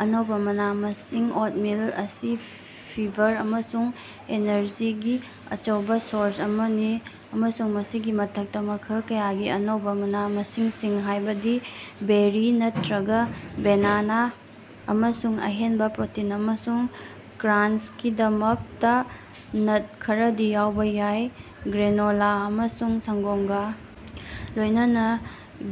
ꯑꯅꯧꯕ ꯃꯅꯥ-ꯃꯁꯤꯡ -ꯑꯣꯠꯃꯤꯜ ꯑꯁꯤ ꯐꯤꯕꯔ ꯑꯃꯁꯨꯡ ꯑꯦꯅꯔꯖꯤꯒꯤ ꯑꯆꯧꯕ ꯁꯣꯔꯁ ꯑꯃꯅꯤ, ꯑꯃꯁꯨꯡ ꯃꯁꯤꯒꯤ ꯃꯊꯛꯇ ꯃꯈꯜ ꯀꯌꯥꯒꯤ ꯑꯅꯧꯕ ꯃꯅꯥ-ꯃꯁꯤꯡꯁꯤꯡ ꯍꯥꯏꯕꯗꯤ ꯕꯦꯔꯤ ꯅꯠꯇꯔꯒ ꯕꯦꯅꯥꯅꯥ, ꯑꯃꯁꯨꯡ ꯑꯍꯦꯟꯕ ꯄ꯭ꯔꯣꯇꯤꯟ ꯑꯃꯁꯨꯡ ꯀ꯭ꯔꯥꯟꯆꯀꯤꯗꯃꯛꯇ ꯅꯠ ꯈꯔꯗꯤ ꯌꯥꯎꯕ ꯌꯥꯏ꯫ ꯒ꯭ꯔꯦꯅꯣꯂꯥ ꯑꯃꯁꯨꯡ ꯁꯪꯒꯣꯝꯒ ꯂꯣꯏꯅꯅꯥ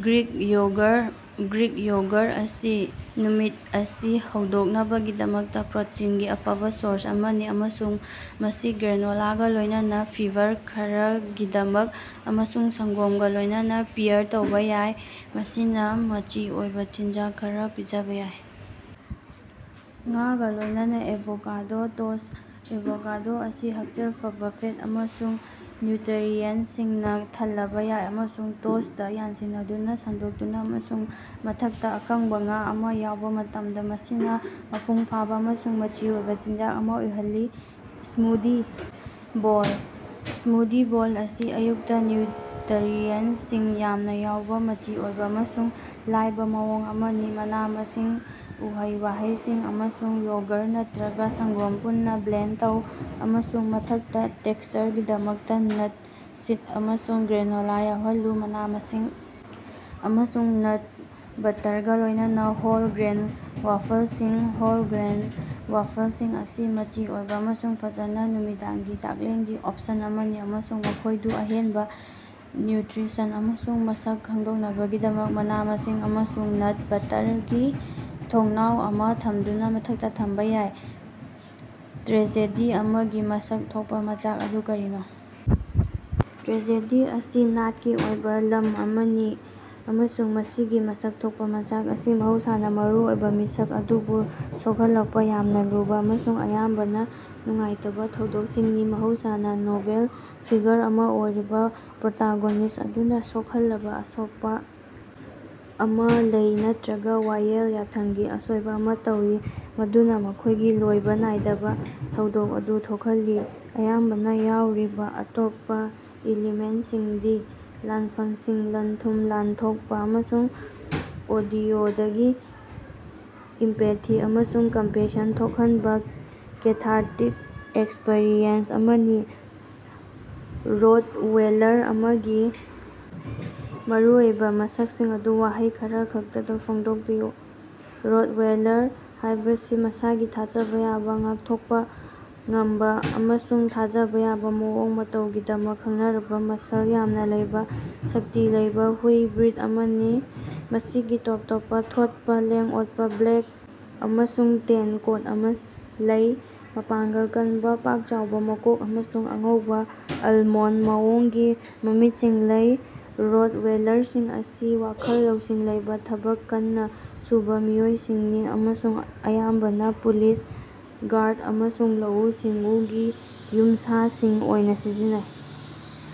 ꯒ꯭ꯔꯤꯛ ꯌꯣꯒꯔ - ꯒ꯭ꯔꯤꯛ ꯌꯣꯒꯔ ꯑꯁꯤ ꯅꯨꯃꯤꯠ ꯑꯁꯤ ꯍꯧꯗꯣꯛꯅꯕꯒꯤꯗꯃꯛꯇ ꯄ꯭ꯔꯣꯇꯤꯟꯒꯤ ꯑꯐꯕꯥ ꯁꯣꯔꯁ ꯑꯃꯅꯤ, ꯑꯃꯁꯨꯡ ꯃꯁꯤ ꯒ꯭ꯔꯦꯅꯣꯂꯥꯒ‌ ꯂꯣꯏꯅꯅꯥ ꯐꯤꯕꯔ ꯈꯔꯒꯤꯗꯃꯛ ꯑꯃꯁꯨꯡ ꯁꯪꯒꯣꯝꯒꯥ ꯂꯣꯏꯅꯅꯥ ꯄꯤꯌꯔ ꯇꯧꯕ ꯌꯥꯏ, ꯃꯁꯤꯅ ꯃꯆꯤ ꯑꯣꯏꯕ ꯆꯤꯟꯖꯥꯛ ꯈꯔꯥ ꯄꯤꯖꯕꯥ ꯌꯥꯏ꯫ ꯉꯥꯒꯥ ꯂꯣꯏꯅꯅꯥ ꯑꯦꯚꯣꯀꯥꯗꯣ ꯇꯣꯁ꯭ꯠ -ꯑꯦꯚꯣꯀꯥꯗꯣ ꯑꯁꯤ ꯍꯛꯁꯦꯜ ꯐꯕꯥ ꯐꯦꯠ ꯑꯃꯁꯨꯡ ꯅ꯭ꯌꯨꯇꯔꯤꯑꯦꯟꯇꯁꯤꯡꯅ ꯊꯜꯂꯕꯥ ꯌꯥꯏ, ꯑꯃꯁꯨꯡ ꯇꯣꯁ꯭ꯇꯇꯥ ꯌꯥꯟꯁꯤꯟꯅꯗꯨꯅꯥ ꯁꯟꯗꯣꯛꯇꯨꯅꯥ ꯑꯃꯁꯨꯡ ꯃꯊꯛꯇꯥ ꯑꯀꯪꯕ ꯉꯥ ꯑꯃ ꯌꯥꯎꯕ ꯃꯇꯝꯗꯥ, ꯃꯁꯤꯅ ꯃꯄꯨꯡꯐꯥꯕꯥ ꯑꯃꯁꯨꯡ ꯃꯆꯤ ꯑꯣꯏꯕ ꯆꯤꯟꯖꯥꯛ ꯑꯃ ꯑꯣꯏꯍꯜꯂꯤ꯫ ꯁ꯭ꯃꯨꯗꯤ ꯕꯣꯜ - ꯁ꯭ꯃꯨꯗꯤ ꯕꯣꯜ ꯑꯁꯤ ꯑꯌꯨꯛꯇ ꯅ꯭ꯌꯨꯇꯔꯤꯑꯦꯟꯇꯁꯤꯡ ꯌꯥꯝꯅ ꯌꯥꯎꯕ ꯃꯆꯤ ꯑꯣꯏꯕ ꯑꯃꯁꯨꯡ ꯂꯥꯏꯕ ꯃꯑꯣꯡ ꯑꯃꯅꯤ꯫ ꯃꯅꯥ-ꯃꯁꯤꯡ, ꯎꯍꯩ-ꯋꯥꯍꯩꯁꯤꯡ, ꯑꯃꯁꯨꯡ ꯌꯣꯒꯔ ꯅꯠꯇꯔꯒ ꯁꯪꯒꯣꯝ ꯄꯨꯟꯅ ꯕ꯭ꯂꯦꯟꯗ ꯇꯧ, ꯑꯃꯁꯨꯡ ꯃꯊꯛꯇ ꯇꯦꯛꯁꯆꯔꯒꯤꯗꯃꯛꯇ ꯅꯠ, ꯁꯤꯗ ꯑꯃꯁꯨꯡ ꯒ꯭ꯔꯦꯅꯣꯂꯥ ꯌꯥꯎꯍꯜꯂꯨ꯫ ꯃꯅꯥ-ꯃꯁꯤꯡ ꯑꯃꯁꯨꯡ ꯅꯠ ꯕꯠꯇꯔꯒꯥ ꯂꯣꯏꯅꯅꯥ ꯍꯣꯜ ꯒ꯭ꯔꯦꯟ ꯋꯥꯐꯜꯁꯤꯡ - ꯍꯣꯜ ꯒ꯭ꯔꯦꯟ ꯋꯥꯐꯜꯁꯤꯡ ꯑꯁꯤ ꯃꯆꯤ ꯑꯣꯏꯕ ꯑꯃꯁꯨꯡ ꯐꯖꯅ ꯅꯨꯃꯤꯗꯥꯡꯒꯤ ꯆꯥꯛꯂꯦꯟꯒꯤ ꯑꯣꯞꯁꯟ ꯑꯃꯅꯤ, ꯑꯃꯁꯨꯡ ꯃꯈꯣꯏꯗꯨ ꯑꯍꯦꯟꯕ ꯅ꯭ꯌꯨꯇ꯭ꯔꯤꯁꯟ ꯑꯃꯁꯨꯡ ꯃꯁꯛ ꯈꯪꯗꯣꯛꯅꯕꯒꯤꯗꯃꯛ ꯃꯅꯥ-ꯃꯁꯤꯡ ꯑꯃꯁꯨꯡ ꯅꯠ ꯕꯠꯇꯔꯒꯤ ꯊꯣꯡꯅꯥꯎ ꯑꯃ ꯊꯝꯗꯨꯅ ꯃꯊꯛꯇ ꯊꯝꯕꯥ ꯌꯥꯏ꯫ ꯇ꯭ꯔꯦꯖꯦꯗꯤ ꯑꯃꯒꯤ ꯃꯁꯛ ꯊꯣꯛꯄ ꯃꯆꯥꯛ ꯑꯗꯨ ꯀꯔꯤꯅꯣ? ꯇ꯭ꯔꯦꯖꯦꯗꯤ ꯑꯁꯤ ꯅꯥꯠꯀꯤ ꯑꯣꯏꯕ ꯂꯝ ꯑꯃꯅꯤ ꯑꯃꯁꯨꯡ ꯃꯁꯤꯒꯤ ꯃꯁꯛ ꯊꯣꯛꯄ ꯃꯆꯥꯛ ꯑꯁꯤ ꯃꯍꯧꯁꯥꯅꯥ ꯃꯔꯨ ꯑꯣꯏꯕ ꯃꯤꯁꯛ ꯑꯗꯨꯕꯨ ꯁꯣꯛꯍꯜꯂꯛꯄ ꯌꯥꯝꯅꯥ ꯂꯨꯕ ꯑꯃꯁꯨꯡ ꯑꯌꯥꯝꯕꯅꯥ ꯅꯨꯡꯉꯥꯏꯇꯕꯥ ꯊꯧꯗꯣꯛꯁꯤꯡꯅꯤ꯫ ꯃꯍꯧꯁꯥꯅꯥ ꯅꯣꯕꯦꯜ ꯐꯤꯒꯔ ꯑꯃ ꯑꯣꯏꯔꯤꯕ ꯄ꯭ꯔꯣꯇꯥꯒꯣꯅꯤꯁ꯭ꯠ ꯑꯗꯨꯅ ꯁꯣꯛꯍꯜꯂꯕꯥ ꯑꯁꯣꯛꯄ ꯑꯃ ꯂꯩ ꯅꯠꯇꯔꯒ ꯋꯥꯌꯦꯜ ꯌꯥꯊꯪꯒꯤ ꯑꯁꯣꯏꯕ ꯑꯃ ꯇꯧꯏ ꯃꯗꯨꯅ ꯃꯈꯣꯏꯒꯤ ꯂꯣꯏꯕꯥ ꯅꯥꯏꯗꯕꯥ ꯊꯧꯗꯣꯛ ꯑꯗꯨ ꯊꯣꯛꯍꯜꯂꯤ꯫ ꯑꯌꯥꯝꯕꯅꯥ ꯌꯥꯎꯔꯤꯕ ꯑꯇꯣꯞꯄ ꯏꯂꯤꯃꯦꯟꯇꯁꯤꯡꯗꯤ ꯂꯥꯟꯐꯝꯁꯤꯡ, ꯂꯟ-ꯊꯨꯝ ꯂꯥꯟꯊꯣꯠꯄꯥ, ꯑꯃꯁꯨꯡ ꯑꯣꯗꯤꯑꯣꯗꯒꯤ ꯏꯝꯄꯦꯊꯤ ꯑꯃꯁꯨꯡ ꯀꯝꯄꯦꯁꯟ ꯊꯣꯛꯍꯟꯕ ꯀꯦꯊꯥꯔꯇꯤꯛ ꯑꯦꯛꯁꯄꯔꯤꯑꯦꯟꯁ ꯑꯃꯅꯤ꯫ ꯔꯣꯠꯋꯦꯂꯔ ꯑꯃꯒꯤ ꯃꯔꯨꯑꯣꯏꯕ ꯃꯁꯛꯁꯤꯡ ꯑꯗꯨ ꯋꯥꯍꯩ ꯈꯔꯈꯛꯇꯗꯥ ꯐꯣꯡꯗꯣꯛꯄꯤꯌꯨ꯫ ꯔꯣꯇꯋꯦꯂꯔ ꯍꯥꯏꯕꯁꯤ ꯃꯁꯥꯒꯤ ꯊꯥꯖꯕꯥ ꯌꯥꯕ, ꯉꯥꯛꯊꯣꯛꯄ ꯉꯝꯕ ꯑꯃꯁꯨꯡ ꯊꯥꯖꯕꯥ ꯌꯥꯕ ꯃꯑꯣꯡ ꯃꯇꯧꯒꯤꯗꯃꯛ ꯈꯪꯅꯔꯕꯥ ꯃꯁꯜ ꯌꯥꯝꯅ ꯂꯩꯕ, ꯁꯛꯇꯤ ꯂꯩꯕ ꯍꯨꯏ ꯕ꯭ꯔꯤꯗ ꯑꯃꯅꯤ꯫ ꯃꯁꯤꯒꯤ ꯇꯣꯞ ꯇꯣꯞꯄ ꯊꯣꯠꯄ, ꯂꯦꯡ-ꯑꯣꯠꯄ, ꯕ꯭ꯂꯦꯛ ꯑꯃꯁꯨꯡ ꯇꯦꯟ ꯀꯣꯠ ꯑꯃ ꯂꯩ, ꯃꯄꯥꯡꯒꯜ ꯀꯟꯕꯥ, ꯄꯥꯛ-ꯆꯥꯎꯕ ꯃꯀꯣꯛ ꯑꯃꯁꯨꯡ ꯑꯉꯧꯕ, ꯑꯜꯃꯣꯟꯗ ꯃꯑꯣꯡꯒꯤ ꯃꯃꯤꯠꯁꯤꯡ ꯂꯩ꯫ ꯔꯣꯠꯋꯦꯂꯔꯁꯤꯡ ꯑꯁꯤ ꯋꯥꯈꯜ ꯂꯧꯁꯤꯡ ꯂꯩꯕ, ꯊꯕꯛ ꯀꯟꯅ ꯁꯨꯕ ꯃꯤꯑꯣꯏꯁꯤꯡꯅꯤ ꯑꯃꯁꯨꯡ ꯑꯌꯥꯝꯕꯅꯥ ꯄꯨꯂꯤꯁ, ꯒꯥꯔꯗ ꯑꯃꯁꯨꯡ ꯂꯧꯎ-ꯁꯤꯡꯎꯒꯤ ꯌꯨꯝꯁꯥꯁꯤꯡ ꯑꯣꯏꯅ ꯁꯤꯖꯤꯟꯅꯩ꯫